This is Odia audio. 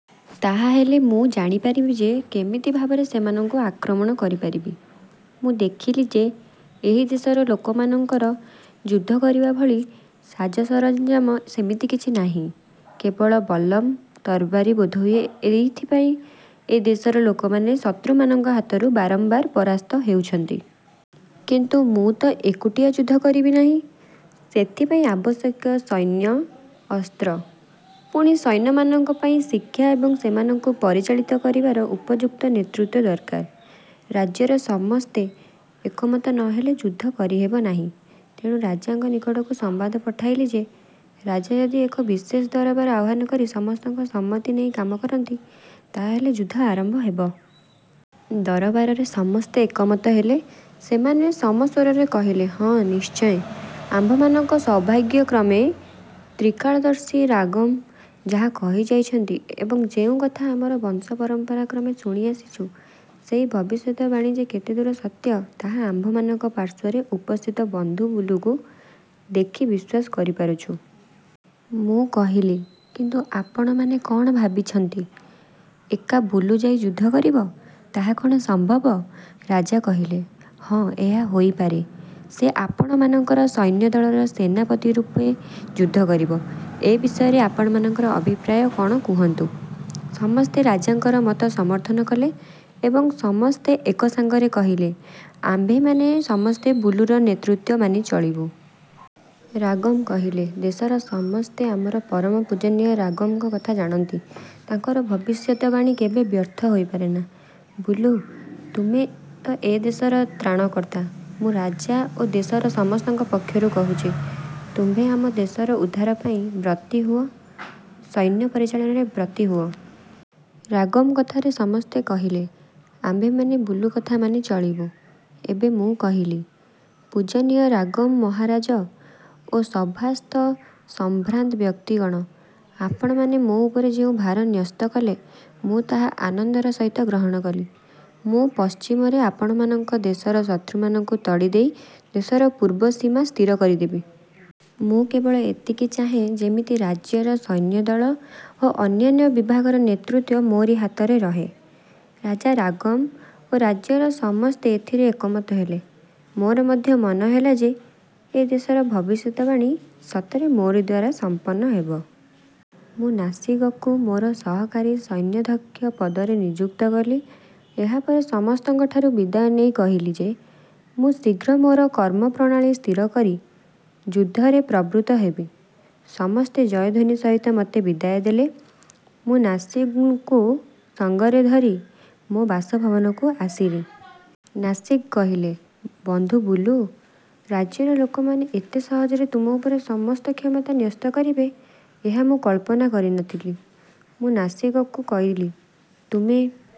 ତାହାହେଲେ ମୁଁ ଜାଣିପାରିବି ଯେ, କେମିତି ଭାବରେ ସେମାନଙ୍କୁ ଆକ୍ରମଣ କରିପାରିବି। '' ମୁଁ ଦେଖିଲି ଯେ ଏହି ଦେଶର ଲୋକମାନଙ୍କର ଯୁଦ୍ଧ କରିବାଭଳି ସାଜସରଞ୍ଜାମ ସେମିତି କିଛି ନାହିଁ। କେବଳ ବଲ୍ଲମ, ତରବାରୀ ବୋଧହୁଏ ଏଇଥିପାଇଁ ଏ ଦେଶର ଲୋକମାନେ ଶତ୍ରୁମାନଙ୍କ ହାତରୁ ବାରମ୍ବାର ପରାସ୍ତ ହେଉଛନ୍ତି। କିନ୍ତୁ ମୁଁ ତ ଏକୁଟିଆ ଯୁଦ୍ଧ କରିବି ନାହିଁ, ସେଥପାଇଁ ଆବଶ୍ୟକ ସୈନ୍ୟ, ଅସ୍ତ୍ର। ପୁଣି ସୈନ୍ୟମାନଙ୍କ ପାଇଁ ଶିକ୍ଷା ଏବଂ ସେମାନଙ୍କୁ ପରିଚାଳିତ କରିବାର ଉପଯୁକ୍ତ ନେତୃତ୍ୱ ଦରକାର। ରାଜ୍ୟର ସମସ୍ତେ ଏକମତ ନ ହେଲେ ଯୁଦ୍ଧ କରିହେବ ନାହିଁ। ତେଣୁ ରାଜାଙ୍କ ନିକଟକୁ ସମ୍ବାଦ ପଠାଇଲି ଯେ, ରାଜା ଯଦି ଏକ ବିଶେଷ ଦରବାର ଆହ୍ୱାନ କରି ସମସ୍ତଙ୍କ ସମ୍ମତି ନେଇ କାମ କରନ୍ତି, ତାହାହେଲେ ଯୁଦ୍ଧ ଆରମ୍ଭ ହେବ। ଦରବାରରେ ସମସ୍ତେ ଏକମତ ହେଲେ। ସେମାନେ ସମସ୍ୱରରେ କହିଲେ, ''ହଁ ନିଶ୍ଚୟ। ଆମ୍ଭମାନଙ୍କ ସୌଭାଗ୍ୟକ୍ରମେ ତ୍ରିକାଳଦର୍ଶୀ ରାଗମ୍ ଯାହା କହିଯାଇଛନ୍ତି ଏବଂ ଯେଉଁ କଥା ଆମର ବଂଶ ପରମ୍ପରା କ୍ରମେ ଶୁଣି ଆସୁଛୁ ସେଇ ଭବିଷ୍ୟତବାଣୀ ଯେ କେତେଦୂର ସତ୍ୟ ତାହା ଆମ୍ଭମାନଙ୍କ ପାର୍ଶ୍ୱରେ ଉପସ୍ଥିତ ବନ୍ଧୁ ବୁଲୁକୁ ଦେଖି ବିଶ୍ୱାସ କରିପାରୁଛୁଁ। '' ମୁଁ କହିଲି କିନ୍ତୁ ଆପଣମାନେ କ'ଣ ଭାବିଛନ୍ତି, ଏକା ବୁଲୁ ଯାଇ ଯୁଦ୍ଧ କରିବ? ତାହା କ'ଣ ସମ୍ଭବ? ରାଜା କହିଲେ, ''ହଁ ଏହା ହୋଇପାରେ। ସେ ଆପଣମାନଙ୍କର ସୈନ୍ୟଦଳର ସେନାପତିରୂପେ ଯୁଦ୍ଧ କରିବ, ଏ ବିଷୟରେ ଆପଣମାନଙ୍କର ଅଭିପ୍ରାୟ କ'ଣ କୁହନ୍ତୁ। '' ସମସ୍ତେ ରାଜାଙ୍କର ମତ ସମର୍ଥନ କଲେ ଏବଂ ସମସ୍ତେ ଏକ ସଙ୍ଗରେ କହିଲେ, ''ଆମ୍ଭେମାନେ ସମସ୍ତେ ବୁଲୁର ନେତୃତ୍ୱ ମାନି ଚଳିବୁ। '' ରାଗମ୍ କହିଲେ, ଦେଶର ସମସ୍ତେ ଆମର ପରମ ପୂଜନୀୟ ରାଗମ୍ଙ୍କ କଥା ଜାଣନ୍ତି। ତାଙ୍କର ଭବିଷ୍ୟତବାଣୀ କେବେ ବ୍ୟର୍ଥ ହୋଇପାରେନା। ବୁଲୁ, ତୁମେ ତ ଏ ଦେଶର ତ୍ରାଣକର୍ତ୍ତା। ମୁଁ ରାଜା ଓ ଦେଶର ସମସ୍ତଙ୍କ ପକ୍ଷରୁ କହୁଛି, ତୁମ୍ଭେ ଆମ୍ଭ ଦେଶର ଉଦ୍ଧାରପାଇଁ ବ୍ରତୀ ହୁଅ ସୈନ୍ୟ ପରିଚାଳନାରେ ବ୍ରତୀ ହୁଅ। ରାଗମ୍ କଥାରେ ସମସ୍ତେ କହିଲେ, ''ଆମ୍ଭେମାନେ ବୁଲୁ କଥା ମାନି ଚଳିବୁ। '' ଏବେ ମୁଁ କହିଲି-ପୂଜନୀୟ ରାଗମ୍ ମହାରାଜ ଓ ସଭାସ୍ଥ ସମ୍ଭ୍ରାନ୍ତ ବ୍ୟକ୍ତିଗଣ, ''ଆପଣମାନେ ମୋ ଉପରେ ଯେଉଁ ଭାର ନ୍ୟସ୍ତ କଲେ, ମୁଁ ତାହା ଆନନ୍ଦର ସହିତ ଗ୍ରହଣ କଲି। ମୁଁ ପଶ୍ଚିମରେ ଆପଣମାନଙ୍କ ଦେଶର ଶତ୍ରୁମାନଙ୍କୁ ତଡ଼ି ଦେଇ ଦେଶର ପୂର୍ବ ସୀମା ସ୍ଥିର କରିଦେବି। ମୁଁ କେବଳ ଏତିକି ଚାହେଁ, ଯେମିତି ରାଜ୍ୟର ସୈନ୍ୟଦଳ ଓ ଅନ୍ୟାନ୍ୟ ବିଭାଗର ନେତୃତ୍ୱ ମୋରି ହାତରେ ରହେ। '' ରାଜା ରାଗମ୍ ଓ ରାଜ୍ୟର ସମସ୍ତେ ଏଥିରେ ଏକମତ ହେଲେ। ମୋର ମଧ୍ୟ ମନେହେଲା ଯେ, ଏ ଦେଶର ଭବିଷ୍ୟତବାଣୀ ସତ୍ୟରେ ମୋରିଦ୍ୱାରା ସମ୍ପନ୍ନ ହେବ। ମୁଁ ନାସିଗ୍କୁ ମୋର ସହକାରୀ ସୈନ୍ୟାଧ୍ୟକ୍ଷ ପଦରେ ନିଯୁକ୍ତ କଲି। ଏହାପରେ ସମସ୍ତଙ୍କଠାରୁ ବିଦାୟ ନେଇ କହିଲି ଯେ, ''ମୁଁ ଶୀଘ୍ର ମୋର କର୍ମପ୍ରଣାଳୀ ସ୍ଥିର କରି ଯୁଦ୍ଧରେ ପ୍ରବୃତ୍ତ ହେବି। '' ସମସ୍ତେ ଜୟଧ୍ୱନି ସହିତ ମୋତେ ବିଦାୟ ଦେଲେ। ମୁଁ ନାସିଗ୍ଙ୍କୁ ସଙ୍ଗରେ ଧରି ମୋ ବାସଭବନକୁ ଆସିରି। ନାସିଗ୍ କହିଲେ, ବନ୍ଧୁ ବୁଲୁ! ରାଜ୍ୟର ଲୋକମାନେ ଏତେ ସହଜରେ ତୁମ ଉପରେ ସମସ୍ତ କ୍ଷମତା ନ୍ୟସ୍ତ କରିବେ, ଏହା ମୁଁ କଳ୍ପନା କରିନଥିଲି। ମୁଁ ନାସିଗ୍କୁ କହିଲି, ''ତୁମେ